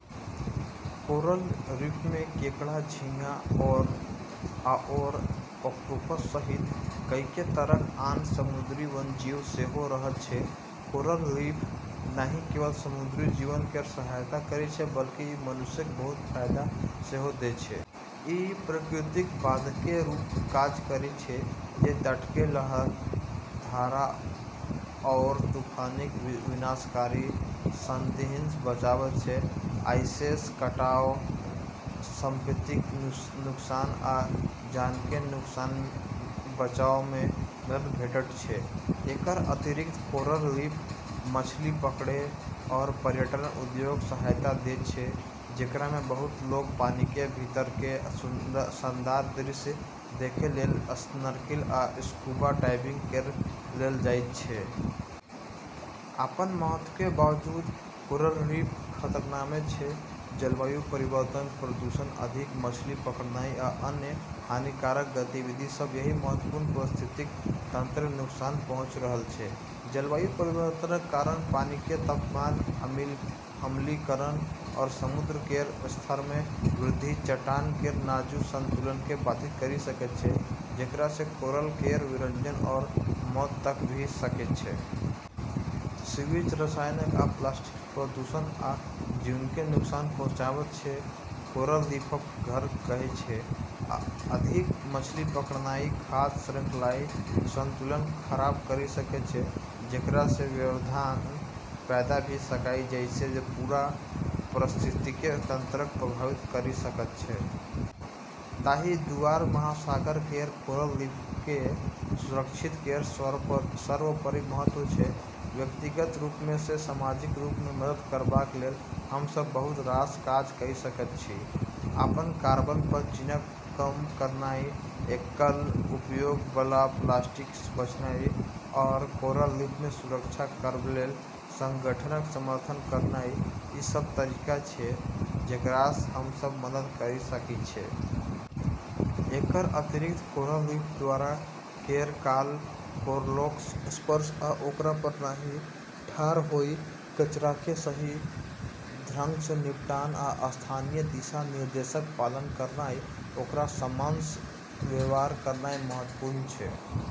Coral रीफमे केकड़ा, झींगा, आओर ऑक्टोपस सहित कएक तरहक आन समुद्री वन्यजीव सेहो रहै छै। कोरल रीफ नहि केवल समुद्री जीवन केर सहायता करै छै, बल्कि ई मनुष्यके बहुत फाइदा सेहो दै छै। ई प्राकृतिक बाधाके रूपमे काज करै छै, जे तटके लहर, धारा आओर तूफानके विनाशकारी शक्तिसँ बचबै छै। अइसँ कटाव, संपत्तिके नुकसान, आ जानके नुकसानसँ बचावमे मदद भेटैत छै । एकर अतिरिक्त, कोरल रीफ मछली पकड़ै आओर पर्यटन उद्योगके सहायता दै छै, जेकरामे बहुत लोक पानिके भीतरके शानदार दृश्य देखै लेल स्नॉर्कल या स्कूबा डाइविंग करै लेल जाइत छै। अपन महत्वके बावजूद कोरल रीफ खतरामे छै। जलवायु परिवर्तन, प्रदूषण, अधिक मछली पकड़नाइ, आ अन्य हानिकारक गतिविधि सब, एहि महत्वपूर्ण पारिस्थितिकी तंत्रके नुकसान पहुंचा रहल छै । जलवायु परिवर्तनके कारण पानिके तापमान, अम्लीकरण, आओर समुद्र केर स्तरमे वृद्धि चट्टान केर नाजुक संतुलनके बाधित करि सकै छै, जेकरासँ कोरल केर विरंजन आओर मौत तक भ' सकै छै। सीवेज, रसायन आ प्लास्टिकसँ प्रदूषण ओ जीवके नुकसान पहुंचाबैत छै जे कोरल रीफके घर कहै छै । अधिक मछली पकड़नाइ खाद्य श्रृंखलाके संतुलन खराब करि सकय छै, जेकरासँ व्यवधान पैदा भ' सकय छै जे पूरा पारिस्थितिकी तंत्रके प्रभावित करि सकय छै। ताहि दुआरे महासागर केर कोरल रीफके सुरक्षा केर सर्वोपरि महत्व छै। व्यक्तिगत रूपसँ आ सामाजिक रूपमे मदद करबा लेल हम सब बहुत रास काज क' सकैत छी। अपन कार्बन पदचिह्नके कम करनाइ, एकल उपयोगबला प्लास्टिकसँ बचनाइ, आओर कोरल रीफके सुरक्षा करैबला संगठनके समर्थन करनाइ, ई सब तरीका छै जेकरासँ हमसब मदद करि सकै छियै। एकर अतिरिक्त, कोरल रीफके दौरा करै काल, कोरलके स्पर्श या ओकरा पर नहि ठार होइ, कचराके सही ढङ्ग सँ निपटान, आ स्थानीय दिशा निर्देशके पालन करनाइ, ओकरा सम्मानसँ व्यवहार करनाइ महत्वपूर्ण छै ।